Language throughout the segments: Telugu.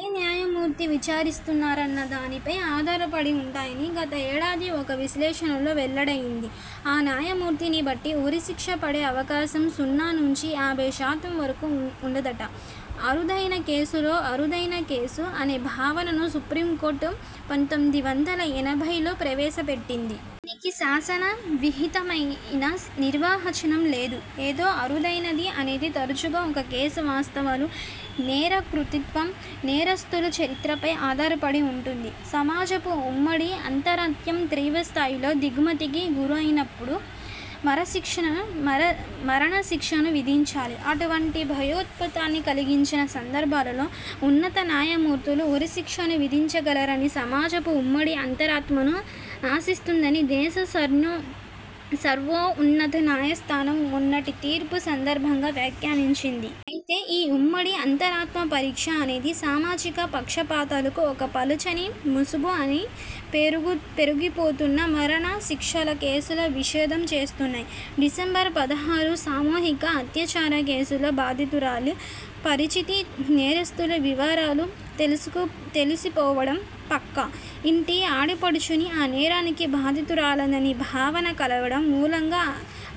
ఏ న్యాయమూర్తి విచారిస్తున్నారన్న దానిపై ఆధారపడి ఉంటాయని గత ఏడాది ఒక విశ్లేషణలో వెల్లడయింది. ఆ న్యాయమూర్తిని బట్టే ఉరిశిక్ష పడే అవకాశం సున్నా నుంచి యాభైశాతం వరకూ ఉంటుందట. 'అరుదైన కేసులలో అరుదైన కేసు' అనే భావనను సుప్రీంకోర్టు పంతొమ్మిది వందల ఎనభైలో ప్రవేశపెట్టింది. దీనికి శాసన విహితమైన నిర్వచనం లేదు. ఏది అరుదైనది అనేది తరచుగా ఒక కేసు వాస్తవాలు, నేర క్రూరత్వం, నేరస్థుల చరిత్ర పై ఆధారపడి వుంటుంది. 'సమాజపు ఉమ్మడి అంతరాత్మ తీవ్రస్థాయిలో దిగ్భ్రాంతికి గురయినప్పుడు మరణశిక్షను విధించాలి. అటువంటి భయోత్పాతాన్ని కల్గించిన సందర్భాలలో ఉన్నత న్యాయమూర్తులు ఉరిశిక్షను విధించగలరని సమాజపు ఉమ్మడి అంతరాత్మ ఆశిస్తుందని' దేశ సర్వోన్నత న్యాయస్థానం మొన్నటి తీర్పు సందర్భంగా వ్యాఖ్యానించింది. అయితే ఈ 'ఉమ్మడి అంతరాత్మ పరీక్ష' అనేది సామాజిక పక్షపాతాలకు ఒక పలుచని ముసుగు అని పెరిగిపోతున్న మరణ శిక్షల కేసులు విశదం చేస్తున్నాయి. డిసెంబర్ పదహారు సామూహిక అత్యాచారం కేసులో బాధితురాలి పరిచితి, నేరస్థుల వివరాలు తెలిసిపోవడం, పక్క ఇంటి ఆడపడుచే ఆ నేరానికి బాధితురాలయిందనే భావన కలగడం మూలంగ,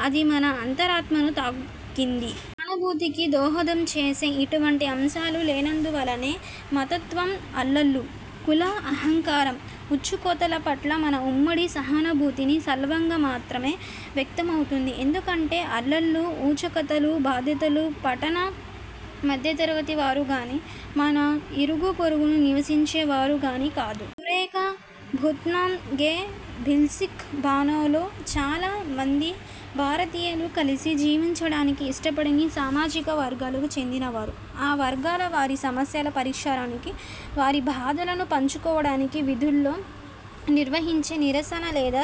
అది మన అంతరాత్మను తాకింది. సానుభూతికి దోహదం చేసే అటువంటి అంశాలు లేనందువల్లనే మతతత్వ అల్లర్లు, కుల అహంకార ఊచకోతల పట్ల మన ఉమ్మడి సహానుభూతి స్వల్పంగా మాత్రమే వ్యక్తమవుతుంది. ఎందుకంటే అల్లర్లు, ఊచకోతల బాధితులు పట్టణ మధ్యతరగతి వారు గానీ, మన ఇరుగు పొరుగున నివసించే వారు గానీ కాదు. సురేఖా భోత్మాంగే, బిల్కిస్ బానోలు చాలా మంది భారతీయులు కలసి జీవించడానికి ఇష్టపడని సామాజిక వర్గాలకు చెందినవారు. ఆ వర్గాల వారి సమస్యల పరిష్కారానికి, వారి బాధలను పంచుకోవడానికి వీధులలో నిర్వహించే నిరసన లేదా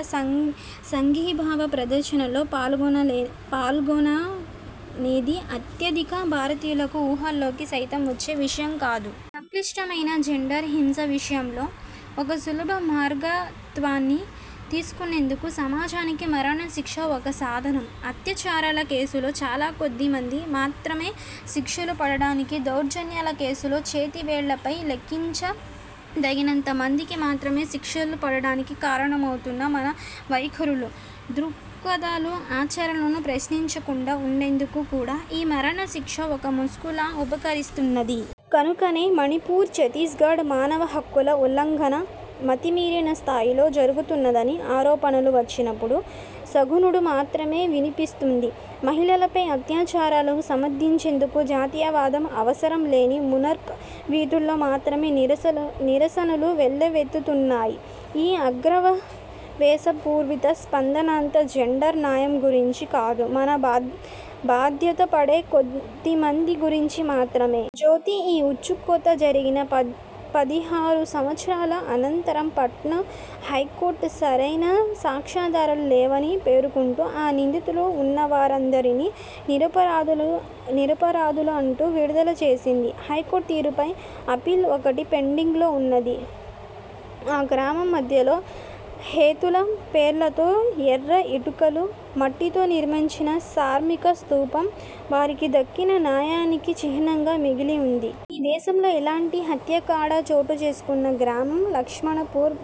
సంఘీభావ ప్రదర్శనల్లో పాల్గొనాలనేది అత్యధిక భారతీయులకు ఊహలోకి సైతం వచ్చే విషయం కాదు. సంక్లిష్టమైన జెండర్ హింస విషయంలో ఒక సులభ మార్గాంతరాన్ని తీసుకొనేందుకు సమాజానికి మరణ శిక్ష ఒక సాధనం. అత్యాచారాల కేసులలో చాలాకొద్ది మందికి మాత్రమే శిక్షలు పడడానికీ, దౌర్జన్యాల కేసులలో చేతివేళ్ళపై లెక్కించదగినంత మందికి మాత్రమే శిక్షలు పడడానికి కారణమవుతున్న మన వైఖరులు, దృక్పథాలు, ఆచరణలను ప్రశ్నించకుండా వుండేందుకు కూడా ఈ మరణ శిక్ష ఒక ముసుగులాగా ఉపకరిస్తున్నది. కనుకనే మణిపూర్, ఛత్తీస్గఢ్లో మానవ హక్కుల ఉల్లంఘన మితిమీరిన స్థాయిలో జరుగుతున్నదని ఆరోపణలు వచ్చినప్పుడు సణుగుడు మాత్రమే విన్పిస్తోంది. మహిళలపై అత్యాచారాలను సమర్థించేందుకు జాతీయవాదం అవసరం లేని మునిర్కా వీథుల్లో మాత్రం నిరసనలు వెల్లువెత్తుతున్నాయి. ఈ ఆగ్రహావేశపూరిత స్పందనంతా జెండర్ న్యాయం గురించి కాదు మనం బాధ్యతపడే కొద్దిమంది గురించి మాత్రమే. జ్యోతి ఈ ఊచకోత జరిగిన పదహారు సంవత్సరాల అనంతరం పాట్నా హైకోర్టు, సరైన సాక్ష్యాధారాలు లేవని పేర్కొంటూ ఆ నిందితులుగా వున్నవారినందరినీ నిరపరాధులంటూ విడుదల చేసింది. హైకోర్టు తీర్పుపై అప్పీల్ ఒకటి పెండింగ్లో ఉన్నది. ఆ గ్రామం మధ్యలో హతుల పేర్లతో ఎర్ర ఇటుకలు, మట్టితో నిర్మించిన స్మారక స్తూపం వారికి దక్కిన న్యాయానికి చిహ్నంగా మిగిలి వుంది. ఈ దేశంలో ఇలాంటి హత్యాకాండ చోటుచేసుకున్న గ్రామం లక్షణ్పూర్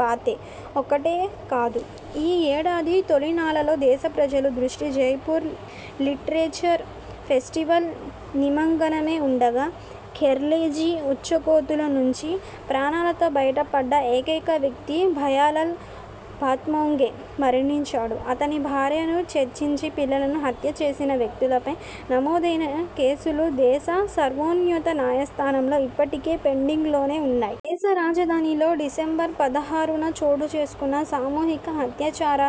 బాతే ఒక్కటే కాదు. ఈ ఏడాది తొలినాళ్ళలో దేశ ప్రజల దృష్టి జైపూర్ లిటరేచర్ ఫెస్టివల్పై నిమగ్నమై వుండగా, ఖైర్లాంజీ ఊచకోతల నుంచి ప్రాణాలతో బయటపడ్డ ఏకైక వ్యక్తి భయ్యాలాల్ భోత్మాంగే మరణించాడు. అతని భార్యను చెరిచి, పిల్లలను హత్య చేసిన వ్యక్తులపై నమోదైన కేసులు దేశ సర్వోన్నత న్యాయస్థానంలో ఇప్పటికీ పెండింగ్లోనే వున్నాయి. దేశ రాజధానిలో డిసెంబర్ పదహారున చోటుచేసుకున్న సామూహిక అత్యాచార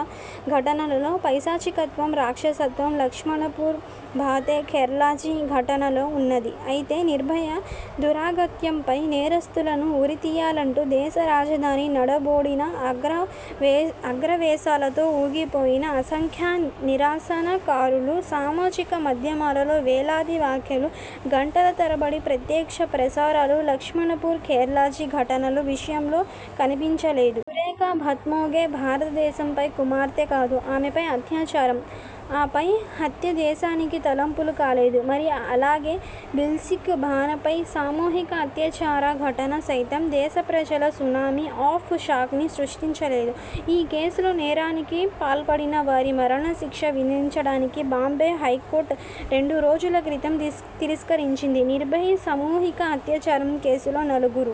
ఘటనలోని పైశాచికత్వం, రాక్షసత్వం లక్ష్మణ్పూర్ బాతే, ఖైర్లాంజీ ఘటనల్లోనూ ఉన్నది. అయితే 'నిర్భయ' దురాగతంపై నేరస్థులను ఉరితీయాలంటూ దేశ రాజధాని నడిబొడ్డున ఆగ్రహావేశాలతో ఊగిపోయిన అసంఖ్యాక నిరసనకారులు, సామాజిక మాధ్యమాలలో వేలాది వ్యాఖ్యలు, గంటల తరబడి ప్రత్యక్ష ప్రసారాలు లక్ష్మణ్పూర్, ఖైర్లాంజీ ఘటనల విషయంలో కన్పించలేదు. సురేఖా భోత్మాంగే భారతదేశపు కుమార్తె కాదు ఆమెపై అత్యాచారం, ఆపై హత్య దేశానికి తలవంపులు కాలేదు మరి. అలాగే, బిల్కిస్ బానోపై సామూహిక అత్యాచారం ఘటన సైతం దేశప్రజల్లో 'సునామీ ఆఫ్ షాక్'ని సృష్టించలేదు. ఈ కేసులో నేరానికి పాల్పడిన వారికి మరణశిక్ష విధించడానికి బాంబే హైకోర్టు రెండు రోజుల క్రితం తిరస్కరించింది. 'నిర్భయ' సామూహిక అత్యాచారం కేసులో నలుగురు